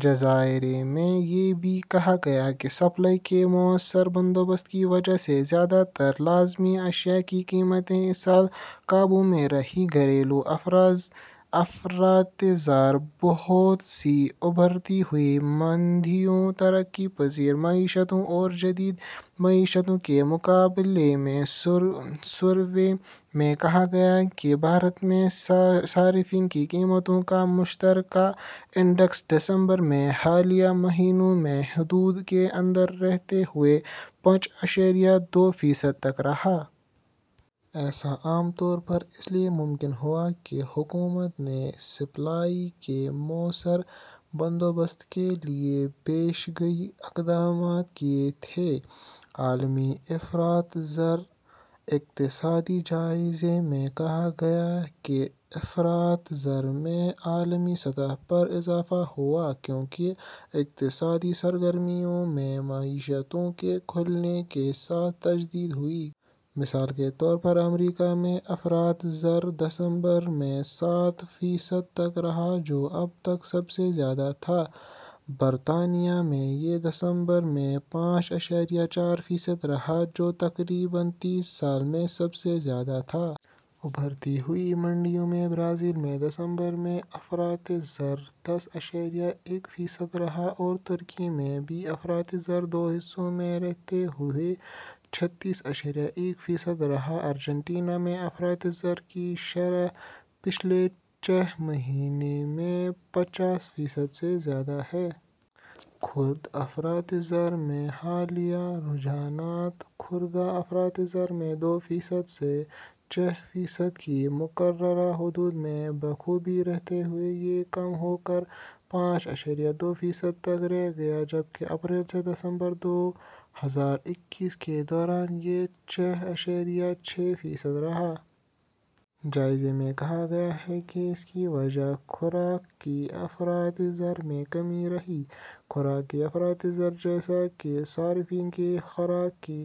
جائزے میں یہ بھی کہا گیا ہے کہ سپلائی کے مؤثر بندوبست کی وجہ سے زیادہ تر لازمی اشیا کی قیمتیں اس سال قابو میں رہیں۔ گھریلو افراط زر: بہت سی ابھرتی ہوئی منڈیوں، ترقی پذیر معیشتوں اور جدید معیشتوں کے مقابلے میں سروے میں کہا گیا ہے کہ بھارت میں صارفین کی قیمتوں کا مشترکہ انڈیکس دسمبر میں حالیہ مہینوں میں حدود کے اندر رہتے ہوئے پانچ اعشاریہ دو فیصد تک رہا۔ ایسا عام طور پر اس لیے ممکن ہوا کہ حکومت نے سپلائی کے مؤثر بندوبست کے لیے پیشگی اقدامات کیے تھے۔ عالمی افراط زر: اقتصادی جائزے میں کہا گیا ہے کہ افراط زر میں عالمی سطح پر اضافہ ہوا، کیونکہ اقتصادی سرگرمیوں میں معیشتوں کے کھلنے کے ساتھ تجدید ہوئی۔ مثال کے طور پر امریکہ میں افراط زر دسمبر میں سات فیصد تک رہا، جو اب تک سب سے زیادہ تھا۔ برطانیہ میں یہ دسمبر میں پانچ اعشاریہ چار فیصد رہا، جو تقریباً تیس سال میں سب سے زیادہ تھا۔ ابھرتی ہوئی منڈیوں میں برازیل میں دسمبر میں افراط زر دس اعشاریہ ایک فیصد رہا اور ترکی میں بھی افراط زر دو ہندسوں میں رہتے ہوئے چھتیس اعشاریہ ایک فیصد رہا۔ ارجنٹینا میں افراط زر کی شرح پچھلے چھ مہینے میں پچاس فیصد سے زیادہ رہی۔ خردہ افراط زر میں حالیہ رجحانات: خردہ افراط زر میں دو فیصد سے چھ فیصد کی مقررہ حدود میں بخوبی رہتے ہوئے یہ کم ہو کر پانچ اعشاریہ دو فیصد تک رہ گیا، جبکہ اپریل سے دسمبر دو ہزار اکیس کے دوران یہ چھ اعشاریہ چھ فیصد تھا۔ جائزے میں کہا گیا ہے کہ اس کی وجہ خوراک کی افراط زر میں کمی رہی۔ خوراک کی افراط زر، جیسا کہ صارفین کے خوراک کی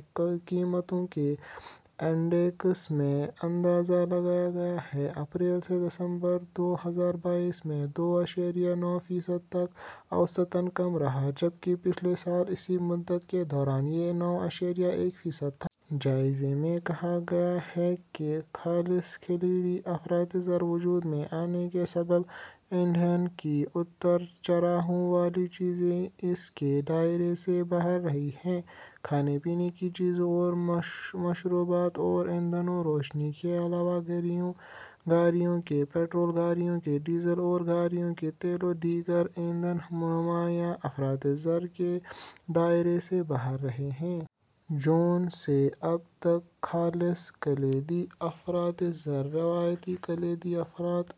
قیمتوں کے انڈیکس میں اندازہ لگایا گیا ہے، اپریل سے دسمبر دو ہزار بائیس میں دو اعشاریہ نو فیصد تک اوسطاً کم رہا، جبکہ پچھلے سال اسی مدت کے دوران یہ نو اعشاریہ ایک فیصد تھا۔ جائزے میں کہا گیا ہے کہ خالص کلیدی افراط زر وجود میں آنے کے سبب ایندھن کی اتار چڑھاؤ والی چیزیں اس کے دائرے سے باہر رہی ہیں۔ کھانے پینے کی چیزوں اور مشروبات اور ایندھن و روشنی کے علاوہ گاڑیوں کے پٹرول، گاڑیوں کے ڈیزل اور گاڑیوں کے تیل و دیگر ایندھن نمایاں افراط زر کے دائرے سے باہر رہے ہیں۔ جون سے اب تک خالص کلیدی افراط زر، روایتی کلیدی افراط...